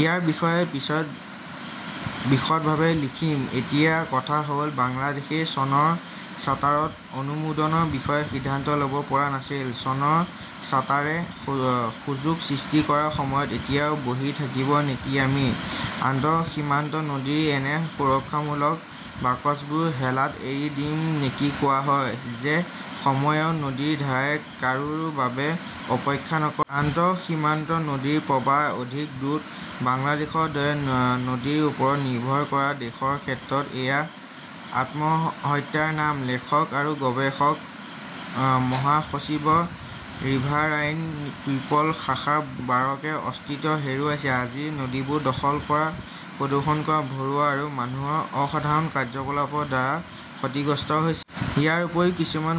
ইয়াৰ বিষয়ে পিছত বিশদভাৱে লিখিম। এতিয়া কথা হ 'ল-বাংলাদেশই চনৰ চাৰ্টাৰত অনুমোদনৰ বিষয়ে সিদ্ধান্ত ল'ব পৰা নাছিল। চনৰ চাৰ্টাৰে সুযোগ সৃষ্টি কৰাৰ সময়ত এতিয়াও বহি থাকিব নেকি আমি আন্তঃসীমান্ত নদীৰ এনে সুৰক্ষামূলক বাকচবোৰ হেলাত এৰি দিম নেকি কোৱা হয় যে সময় আৰু নদীৰ ধাৰাই কাৰো বাবে অপেক্ষা নকৰে। আন্তঃসীমান্ত নদীৰ প্ৰবাহ অধিক দ্ৰুত। বাংলাদেশৰ দৰে নদীৰ ওপৰত নিৰ্ভৰ কৰা দেশৰ ক্ষেত্ৰত এয়া আত্মহত্যাৰ নাম। লেখক আৰু গৱেষক; মহাসচিব, ৰিভাৰাইন পিপল । শাখা বাৰাকে অস্তিত্ব হেৰুৱাইছে আজি নদীবোৰ দখল কৰা, প্ৰদূষণ কৰা, ভৰোৱা আৰু মানুহৰ অসাধাৰণ কাৰ্যকলাপৰ দ্বাৰা ক্ষতিগ্ৰস্ত হৈছে। ইয়াৰ উপৰিও কিছুমান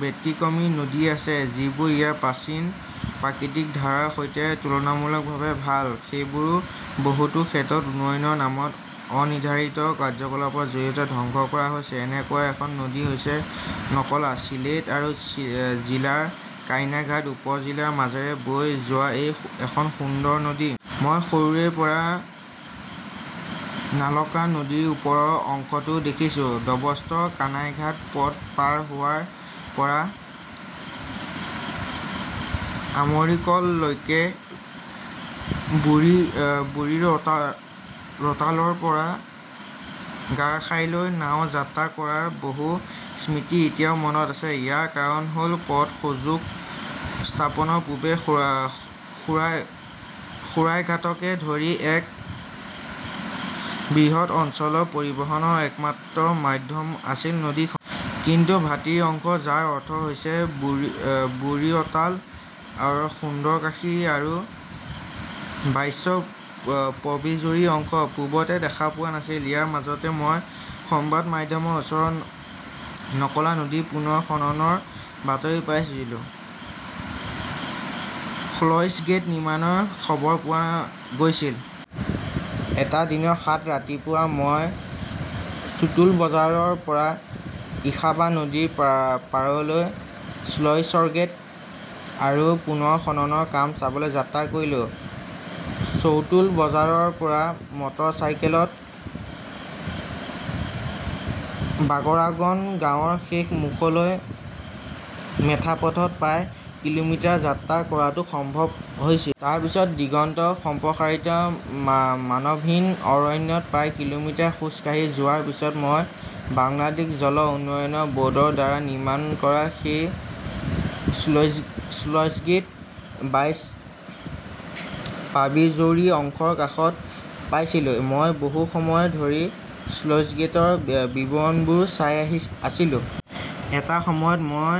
ব্যতিক্ৰমী নদী আছে যিবোৰ ইয়াৰ প্ৰাচীন প্ৰাকৃতিক ধাৰাৰ সৈতে তুলনামূলকভাৱে ভাল। সেইবোৰো বহুতো ক্ষেত্ৰত উন্নয়নৰ নামত অনিৰ্ধাৰিত কাৰ্যকলাপৰ জৰিয়তে ধ্বংস কৰা হৈছে। এনেকুৱা এখন নদী হৈছে নকলা। ছিলেট জিলাৰ কানাইঘাট উপ-জিলাৰ মাজেৰে বৈ যোৱা ই এখন সুন্দৰ নদী। মই সৰুৰে পৰাই নাক্লা নদীৰ ওপৰৰ অংশটো দেখিছোঁ, দৰ্বস্ত-কানাইঘাট পথ পাৰ হোৱাৰ পৰা আমৰিকললৈকে। বুৰিৰতালৰ পৰা গাৰখাইলৈ নাও যাত্ৰা কৰাৰ বহু স্মৃতি এতিয়াও মনত আছে। ইয়াৰ কাৰণ হ’ল, পথ সংযোগ স্থাপনৰ পূৰ্বে সুৰাইঘাটকে ধৰি এক বৃহৎ অঞ্চলৰ পৰিবহণৰ একমাত্ৰ মাধ্যম আছিল নদীখন। কিন্তু ভাটিৰ অংশ, যাৰ অৰ্থ হৈছে বুৰিৰতাল ৰ সুন্দৰকাশী আৰু বাইশ-পবিজুৰী অংশ, পূৰ্বতে দেখা পোৱা নাছিল। ইয়াৰ মাজতে মই সংবাদ মাধ্যমৰ ওচৰত নকলা নদী পুনৰ খননৰ বাতৰি পাইছিলো। স্লুইছগেট নিৰ্মাণৰ খবৰ পোৱা গৈছিল। এটা দিনৰ সাত ৰাতিপুৱা মই চুটুল বজাৰৰ পৰা ইসাবা নদীৰ পাৰলৈ স্লুইচগেট আৰু পুনৰ খননৰ কাম চাবলৈ যাত্ৰা কৰিলো। চৌটুল বজাৰৰ পৰা মটৰচাইকেলত বাগৰাগন গাঁৱৰ শেষ মুখলৈ মেথোপথত প্ৰায় কিলোমিটাৰ যাত্ৰা কৰাটো সম্ভৱ হৈছিল। তাৰ পিছত দিগন্ত-সম্প্ৰসাৰিত মানৱহীন অৰণ্যত প্ৰায় কিলোমিটাৰ খোজ কাঢ়ি যোৱাৰ পিছত মই বাংলাদেশ জল উন্নয়ন বৰ্ডৰ দ্বাৰা নিৰ্মাণ কৰা সেই 'স্লুইছগেট বাইছ-পাবিজৌৰী অংশৰ কাষত পাইছিলো। মই বহু সময় ধৰি স্লুইছগেটৰ বিৱৰণবোৰ চাই আছিলো। এটা সময়ত মই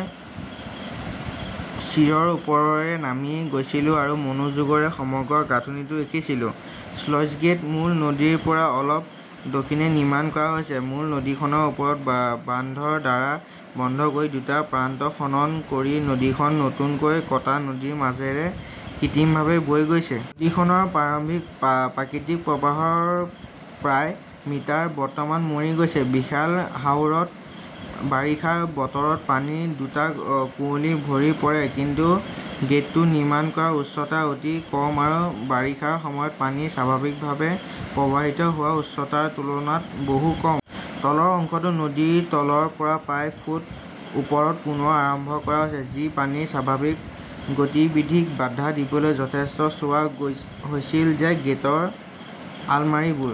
চিৰিৰ ওপৰেৰে নামি গৈছিলো আৰু মনোযোগৰে সমগ্ৰ গাঁথনিটো দেখিছিলোঁ। স্লুইছগেট মূল নদীৰ পৰা অলপ দক্ষিণে নিৰ্মাণ কৰা হৈছে। মূল নদীখনৰ ওপৰত বান্ধৰ দ্বাৰা বন্ধ কৰি দুটা প্ৰান্ত খনন কৰি নদীখন নতুনকৈ কটা নদীৰ মাজেৰে কৃত্ৰিমভাৱে বৈ গৈছে। নদীখনৰ প্ৰাৰম্ভিক প্ৰাকৃতিক প্ৰৱাহৰ প্ৰায় মিটাৰ বৰ্তমান মৰি গৈছে। বিশাল হাওৰত বাৰিষাৰ বতৰত পানীৰ দুটা কুঁৱলী ভৰি পৰে। কিন্তু গেটটো নিৰ্মাণ কৰা উচ্চতা অতি কম আৰু বাৰিষাৰ সময়ত পানী স্বাভাৱিকভাৱে প্ৰৱাহিত হোৱা উচ্চতাৰ তুলনাত বহু কম। তলৰ অংশটো নদীৰ তলৰ পৰা প্ৰায় ফুট ওপৰত পুনৰ আৰম্ভ কৰা হৈছে, যি পানীৰ স্বাভাৱিক গতিবিধিক বাধা দিবলৈ যথেষ্ট। চোৱা হৈছিল যে গেটৰ আলমাৰীবোৰ